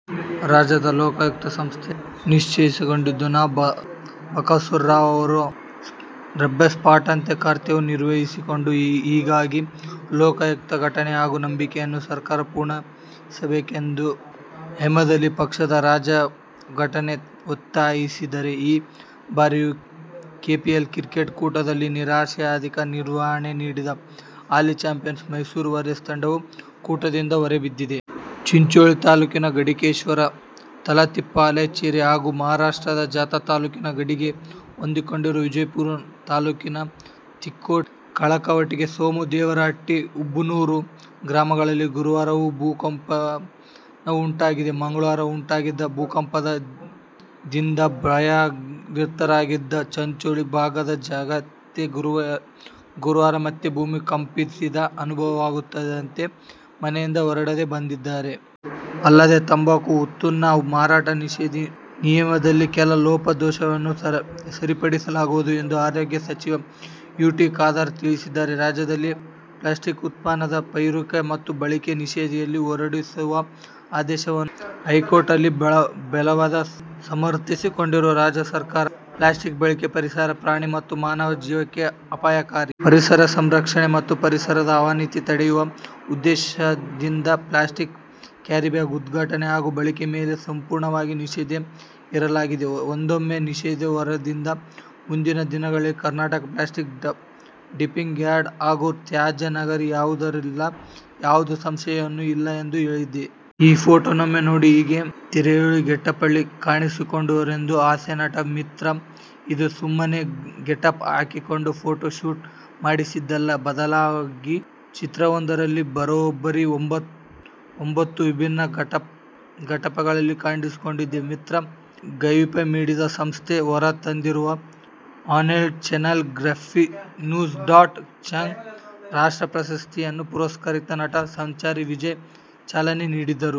"ರಾಜ್ಯದ ಲೋಕಾಯುಕ್ತ ಸಂಸ್ಥೆ ನಿಷ್ಕ್ರಿಯಗೊಂಡಿದ್ದು, ನ್ಯಾ. ಭಾಸ್ಕರ್ರಾವ್ ಅವರು ರಬ್ಬರ್ಸ್ಟಾಂಪ್ನಂತೆ ಕರ್ತವ್ಯ ನಿರ್ವಹಿಸುತ್ತಿದ್ದಾರೆ. ಹೀಗಾಗಿ ಲೋಕಾಯುಕ್ತ ಘನತೆ ಹಾಗೂ ನಂಬಿಕೆಯನ್ನು ಸರ್ಕಾರ ಪುನರ್ಸ್ಥಾಪಿಸಬೇಕು' ಎಂದು ಆಮ್ ಆದ್ಮಿ ಪಕ್ಷದ ರಾಜ್ಯ ಘಟಕ ಒತ್ತಾಯಿಸಿದೆ. ಈ ಬಾರಿಯ ಕೆಪಿಎಲ್ ಕ್ರಿಕೆಟ್ ಕೂಟದಲ್ಲಿ ನಿರಾಶಾದಾಯಕ ನಿರ್ವಹಣೆ ನೀಡಿದ ಹಾಲಿ ಚಾಂಪಿಯನ್ ಮೈಸೂರು ವಾರಿಯರ್ ತಂಡವು ಕೂಟದಿಂದ ಹೊರಬಿದ್ದಿದೆ. ಚಿಂಚೋಳಿ ತಾಲೂಕಿನ ಗಡಿಕೇಶ್ವಾರ, ತೇಗಲತಿಪ್ಪಿ, ಹಲಚೇರಾ ಹಾಗೂ ಮಹಾರಾಷ್ಟ್ರದ ಜತ್ತ ತಾಲೂಕಿನ ಗಡಿಗೆ ಹೊಂದಿಕೊಂಡಿರುವ ವಿಜಯಪುರ ತಾಲೂಕಿನ ತಿಕೋಟ, ಕಳ್ಳಕವಟಗಿ, ಸೋಮದೇವರಹಟ್ಟಿ, ಹುಬನೂರ ಗ್ರಾಮಗಳಲ್ಲಿ ಗುರುವಾರವೂ ಭೂ ಕಂಪನ ಉಂಟಾಗಿದೆ. ಮಂಗಳವಾರ ಉಂಟಾಗಿದ್ದ ಭೂಕಂಪದಿಂದಭಯಗ್ರಸ್ಥರಾಗಿದ್ದ ಚಿಂಚೋಳಿ ಭಾಗದ ಜನತೆ ಗುರುವಾರ ಮತ್ತೆ ಭೂಮಿ ಕಂಪಿಸಿದ ಅನುಭವವಾಗುತ್ತಿದ್ದಂತೆ ಮನೆಯಿಂದ ಹೊರಗಡೆ ಬಂದಿದ್ದಾರೆ. ಅಲ್ಲದೇ, ತಂಬಾಕು ಉತ್ಪನ್ನ ಮಾರಾಟ ನಿಷೇಧ ನಿಯಮದಲ್ಲಿನ ಕೆಲ ಲೋಪ ದೋಷಗಳನ್ನೂ ಸರಿಪಡಿಸಲಾಗುವುದು ಎಂದು ಆರೋಗ್ಯ ಸಚಿವ ಯು. ಟಿ. ಖಾದರ್ ತಿಳಿಸಿದ್ದಾರೆ. ರಾಜ್ಯದಲ್ಲಿ ಪ್ಲಾಸ್ಟಿಕ್ ಉತ್ಪಾದನೆ, ಪೂರೈಕೆ ಮತ್ತು ಬಳಕೆ ನಿಷೇಧಿಸಿ ಹೊರಡಿಸಿರುವ ಆದೇಶವನ್ನು ಹೈಕೋರ್ಟ್ನಲ್ಲಿ ಬಲವಾಗಿ ಸಮರ್ಥಿಸಿಕೊಂಡಿರುವ ರಾಜ್ಯ ಸರ್ಕಾರ, ಪ್ಲಾಸ್ಟಿಕ್ ಬಳಕೆಯು ಪರಿಸರ, ಪ್ರಾಣಿ ಮತ್ತು ಮಾನವ ಜೀವಕ್ಕೆ ಅಪಾಯಕಾರಿ. ಪರಿಸರ ಸಂರಕ್ಷಣೆ ಮತ್ತು ಪರಿಸರದ ಅವನತಿ ತಡೆಯುವ ಉದ್ದೇಶದಿಂದ ಪ್ಲಾಸ್ಟಿಕ್ ಕ್ಯಾರಿಬ್ಯಾಗ್ ಉತ್ಪಾದನೆ ಹಾಗೂ ಬಳಕೆ ಮೇಲೆ ಸಂಪೂರ್ಣವಾಗಿ ನಿಷೇಧ ಹೇರಲಾಗಿದೆ. ಒಂದೊಮ್ಮೆ ನಿಷೇಧ ಹೇರದಿದ್ದರೆ ಮುಂದಿನ ದಿನಗಳಲ್ಲಿ "ಕರ್ನಾಟಕ ಪ್ಲಾಸ್ಟಿಕ್ ಡಂಪಿಂಗ್ ಯಾರ್ಡ್ ಹಾಗೂ ತ್ಯಾಜ್ಯ ನಗರಿ'ಯಾಗುವುದರಲ್ಲಿ ಯಾವ ಸಂಶಯವೂ ಇಲ್ಲ ಎಂದು ಹೇಳಿದೆ. ಈ ಫೋಟೋಗಳನ್ನೊಮ್ಮೆ ನೋಡಿ. ಹೀಗೆ ತರಹೇವಾರಿ ಗೆಟಪ್ಗ್ಳಲ್ಲಿ ಕಾಣಿಸಿಕೊಂಡಿರೋದು ಹಾಸ್ಯನಟ ಮಿತ್ರ. ಇದು ಸುಮ್ಮನೆ ಗೆಟಪ್ ಹಾಕಿಕೊಂಡು ಫೋಟೋ ಶೂಟ್ ಮಾಡಿಸಿದ್ದಲ್ಲ. ಬದಲಾಗಿ, ಚಿತ್ರವೊಂದರಲ್ಲಿ ಬರೋಬ್ಬರಿ ಒಂಭತ್ತು ವಿಭಿನ್ನ ಗೆಟಪ್ಗ್ಳಲ್ಲಿ ಕಾಣಿಸಿಕೊಂಡಿದ್ದಾರೆ ಮಿತ್ರ. ಗ್ರಾವಿಫೈ ಮೀಡಿಯಾ ಸಂಸ್ಥೆ ಹೊರತಂದಿರುವ online channel Gravify news dot ಕಾಂಗೆ ರಾಷ್ಟ್ರಪ್ರಶಸ್ತಿ ಪುರಸ್ಕೃತ ನಟ ಸಂಚಾರಿ ವಿಜಯ್ ಚಾಲನೆ ನೀಡಿದರು.